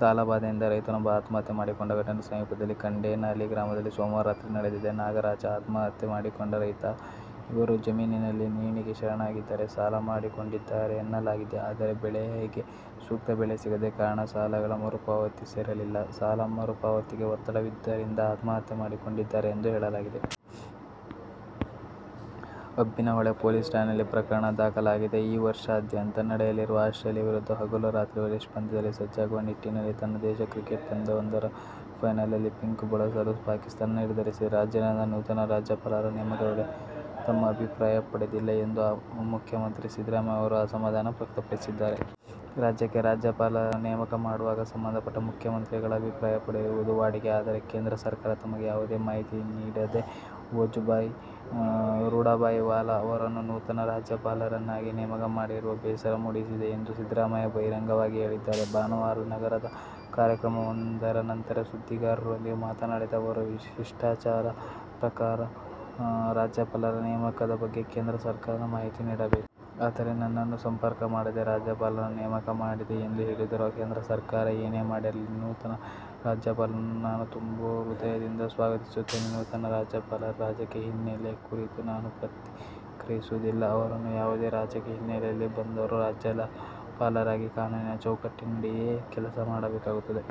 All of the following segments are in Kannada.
ಸಾಲ ಬಾಧೆಯಿಂದ ರೈತನೊಬ್ಬ ಆತ್ಮಹತ್ಯೆ ಮಾಡಿಕೊಂಡ ಘಟನೆ ಸಮೀಪದ ಖಂಡೇನಹಳ್ಳಿ ಗ್ರಾಮದಲ್ಲಿ ಸೋಮವಾರ ರಾತ್ರಿ ನಡೆದಿದೆ. ನಾಗರಾಜಆತ್ಮಹತ್ಯೆ ಮಾಡಿಕೊಂಡ ರೈತ. ಇವರು ತಮ್ಮ ಜಮೀನಿನಲ್ಲಿ ನೇಣಿಗೆ ಶರಣಾಗಿದ್ದಾರೆ. ಸಾಲ ಮಾಡಿಕೊಂಡಿದ್ದರು ಎನ್ನಲಾಗಿದೆ. ಆದರೆ ಬೆಳೆಗೆ ಸೂಕ್ತ ಬೆಲೆ ಸಿಗದ ಕಾರಣ ಸಾಲದ ಮರುಪಾವತಿಸಿರಲಿಲ್ಲ. ಸಾಲ ಮರುಪಾವತಿಗೆ ಒತ್ತಡವಿದ್ದುದರಿಂದ ಆತ್ಮಹತ್ಯೆ ಮಾಡಿಕೊಂಡಿದ್ದಾರೆ ಎಂದು ಹೇಳಲಾಗಿದೆ. ಅಬ್ಬಿನಹೊಳೆ ಪೊಲೀಸ್ ಠಾಣೆಯಲ್ಲಿ ಪ್ರಕರಣ ದಾಖಲಾಗಿದೆ. ಈ ವರ್ಷಾಂತ್ಯದಲ್ಲಿ ನಡೆಯಲಿರುವ ಆಸ್ಟ್ರೇಲಿಯ ವಿರುದ್ಧದ ಹಗಲು-ರಾತ್ರಿ ಟೆಸ್ಟ್ ಪಂದ್ಯಕ್ಕೆ ಸಜ್ಜಾಗುವ ನಿಟ್ಟಿನಲ್ಲಿ, ತನ್ನ ದೇಶಿ ಕ್ರಿಕೆಟ್ ಪಂದ್ಯವೊಂದರ ಫೈನಲ್ನಲ್ಲಿ ಪಿಂಕ್ ಬಳಸಲು ಪಾಕಿಸ್ಥಾನ ನಿರ್ಧರಿಸಿದೆ. ರಾಜ್ಯದ ನೂತನ ರಾಜ್ಯಪಾಲರ ನೇಮಕ ವೇಳೆ ತಮ್ಮ ಅಭಿಪ್ರಾಯ ಪಡೆದಿಲ್ಲ ಎಂದು ಮುಖ್ಯಮಂತ್ರಿ ಸಿದ್ದರಾಮಯ್ಯ ಅವರು ಅಸಮಾಧಾನ ವ್ಯಕ್ತಪಡಿಸಿದ್ದಾರೆ. ರಾಜ್ಯಕ್ಕೆ ರಾಜ್ಯಪಾಲರನ್ನು ನೇಮಕ ಮಾಡುವಾಗ ಸಂಬಂಧಪಟ್ಟ ಮುಖ್ಯಮಂತ್ರಿಗಳ ಅಭಿಪ್ರಾಯ ಪಡೆಯುವುದು ವಾಡಿಕೆ. ಆದರೆ ಕೇಂದ್ರ ಸರ್ಕಾರ ತಮಗೆ ಯಾವುದೇ ಮಾಹಿತಿ ನೀಡದೆ ವಜುಭಾಯಿ ರುಡಭಾಯಿ ವಾಲಾ ಅವರನ್ನು ನೂತನ ರಾಜ್ಯಪಾಲರನ್ನಾಗಿ ನೇಮಕ ಮಾಡಿರುವುದು ಬೇಸರ ಮೂಡಿಸಿದೆ ಎಂದು ಸಿದ್ದರಾಮಯ್ಯ ಬಹಿರಂಗವಾಗಿ ಹೇಳಿದ್ದಾರೆ. ಭಾನುವಾರ ನಗರದ ಕಾರ್ಯಕ್ರಮವೊಂದರ ನಂತರ ಸುದ್ದಿಗಾರರೊಂದಿಗೆ ಮಾತನಾಡಿದ ಅವರು, ಶಿಷ್ಟಾಚಾರದ ಪ್ರಕಾರ ರಾಜ್ಯಪಾಲರ ನೇಮಕದ ಬಗ್ಗೆ ಕೇಂದ್ರ ಸರ್ಕಾರ ಮಾಹಿತಿ ನೀಡಬೇಕು. ಆದರೆ, ನನ್ನನ್ನು ಸಂಪರ್ಕ ಮಾಡದೆ ರಾಜ್ಯಪಾಲರನ್ನು ನೇಮಕ ಮಾಡಿದೆ ಎಂದು ಹೇಳಿದರು. ಕೇಂದ್ರ ಸರ್ಕಾರ ಏನೇ ಮಾಡಿರಲಿ, ನೂತನ ರಾಜ್ಯಪಾಲರನ್ನು ನಾನು ತುಂಬು ಹೃದಯದಿಂದ ಸ್ವಾಗತಿಸುತ್ತೇನೆ. ನೂತನ ರಾಜ್ಯಪಾಲರ ರಾಜಕೀಯ ಹಿನ್ನೆಲೆ ಕುರಿತು ನಾನು ಪ್ರತಿಕ್ರಿಯಿಸುವುದಿಲ್ಲ. ಅವರು ಯಾವುದೇ ರಾಜಕೀಯ ಹಿನ್ನೆಲೆಯಲ್ಲಿ ಬಂದರೂ ರಾಜ್ಯಪಾಲರಾಗಿ ಕಾನೂನಿನ ಚೌಕಟ್ಟಿನಡಿಯೇ ಕೆಲಸ ಮಾಡಬೇಕಾಗುತ್ತದೆ.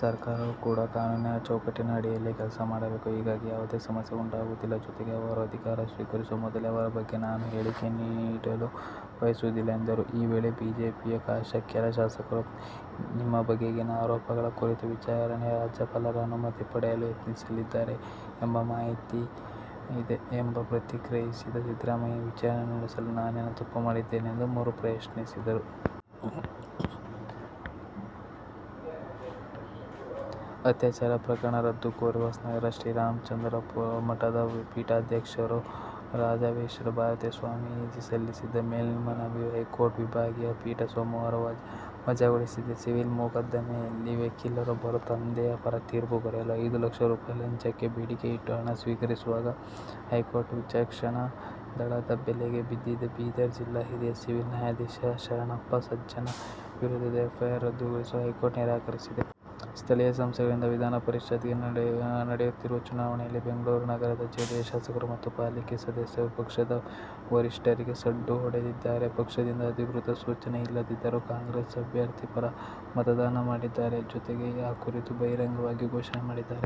ಸರ್ಕಾರವೂ ಕೂಡ ಕಾನೂನಿನ ಚೌಕಟ್ಟಿನ ಅಡಿಯಲ್ಲೇ ಕೆಲಸ ಮಾಡಬೇಕು. ಹೀಗಾಗಿ ಯಾವುದೇ ಸಮಸ್ಯೆ ಉಂಟಾಗುವುದಿಲ್ಲ. ಜೊತೆಗೆ ಅವರು ಅಧಿಕಾರ ಸ್ವೀಕರಿಸುವ ಮೊದಲೇ ಅವರ ಬಗ್ಗೆ ನಾನು ಹೇಳಿಕೆ ನೀಡಲು ಬಯಸುವುದಿಲ್ಲ ಎಂದರು. ಈ ವೇಳೆ ಬಿಜೆಪಿಯ ಕೆಲ ಶಾಸಕರು ನಿಮ್ಮ ಬಗೆಗಿನ ಆರೋಪಗಳ ಕುರಿತು ವಿಚಾರಣೆಗೆ ರಾಜ್ಯಪಾಲರ ಅನುಮತಿ ಪಡೆಯಲು ಯತ್ನಿಸಲಿದ್ದಾರೆ ಎಂಬ ಮಾತಿದೆ ಎಂಬ ಬಗ್ಗೆ ಪ್ರತಿಕ್ರಿಯಿಸಿದ ಸಿದ್ದರಾಮಯ್ಯ, ವಿಚಾರಣೆ ನಡೆಸಲು ನಾನೇನು ತಪ್ಪು ಮಾಡಿದ್ದೇನೆ ಎಂದು ಮರು ಪ್ರಶ್ನಿಸಿದರು. ಅತ್ಯಾಚಾರ ಪ್ರಕರಣ ರದ್ದು ಕೋರಿ ಹೊಸನಗರದ ಶ್ರೀರಾಮಚಂದ್ರಾಪುರ ಮಠದ ಪೀಠಾಧ್ಯಕ್ಷ ರಾಘವೇಶ್ವರ ಭಾರತಿ ಸ್ವಾಮೀಜಿ ಸಲ್ಲಿಸಿದ್ದ ಮೇಲ್ಮನವಿಯನ್ನು ಹೈಕೋರ್ಟ್ನ ವಿಭಾಗೀಯ ಪೀಠ ಸೋಮವಾರ ವಜಾಗೊಳಿಸಿದೆ. ಸಿವಿಲ್ ಮೊಕದ್ದಮೆಯಲ್ಲಿ ವಕೀಲರೊಬ್ಬರ ತಂದೆಯ ಪರ ತೀರ್ಪು ಬರೆಯಲು ಐದು ಲಕ್ಷ ರೂಪಾಯಿ ಲಂಚಕ್ಕೆ ಬೇಡಿಕೆಯಿಟ್ಟು ಹಣ ಸ್ವೀಕರಿಸುವಾಗ ಹೈಕೋರ್ಟ್ ವಿಚಕ್ಷಣಾ ದಳದ ಬಲೆಗೆ ಬಿದ್ದಿದ್ದ ಬೀದರ್ ಜಿಲ್ಲಾ ಹಿರಿಯ ಸಿವಿಲ್ ನ್ಯಾಯಾಧೀಶ ಶರಣ್ಣಪ್ಪ ಸಜ್ಜನ ವಿರುದ್ಧದ ಎಫ್ಐಆರ್ ರದ್ದುಗೊಳಿಸಲು ಹೈಕೋರ್ಟ್ ನಿರಾಕರಿಸಿದೆ. ಸ್ಥಳೀಯ ಸಂಸ್ಥೆಗಳಿಂದ ವಿಧಾನಪರಿಷತ್ಗೆ ನಡೆಯುತ್ತಿರುವ ಚುನಾವಣೆಯಲ್ಲಿ ಬೆಂಗಳೂರು ನಗರದ ಜೆಡಿಎಸ್ ಶಾಸಕರು ಮತ್ತು ಪಾಲಿಕೆ ಸದಸ್ಯರು ಪಕ್ಷದ ವರಿಷ್ಠರಿಗೆ ಸಡ್ಡು ಹೊಡೆದಿದ್ದಾರೆ. ಪಕ್ಷದಿಂದ ಅಧಿಕೃತ ಸೂಚನೆ ಇಲ್ಲದಿದ್ದರೂ ಕಾಂಗ್ರೆಸ್ ಅಭ್ಯರ್ಥಿ ಪರ ಮತದಾನ ಮಾಡಿದ್ದಾರೆ. ಜತೆಗೆ, ಆ ಕುರಿತು ಬಹಿರಂಗವಾಗಿ ಘೋಷಣೆಯನ್ನೂ ಮಾಡಿದ್ದಾರೆ.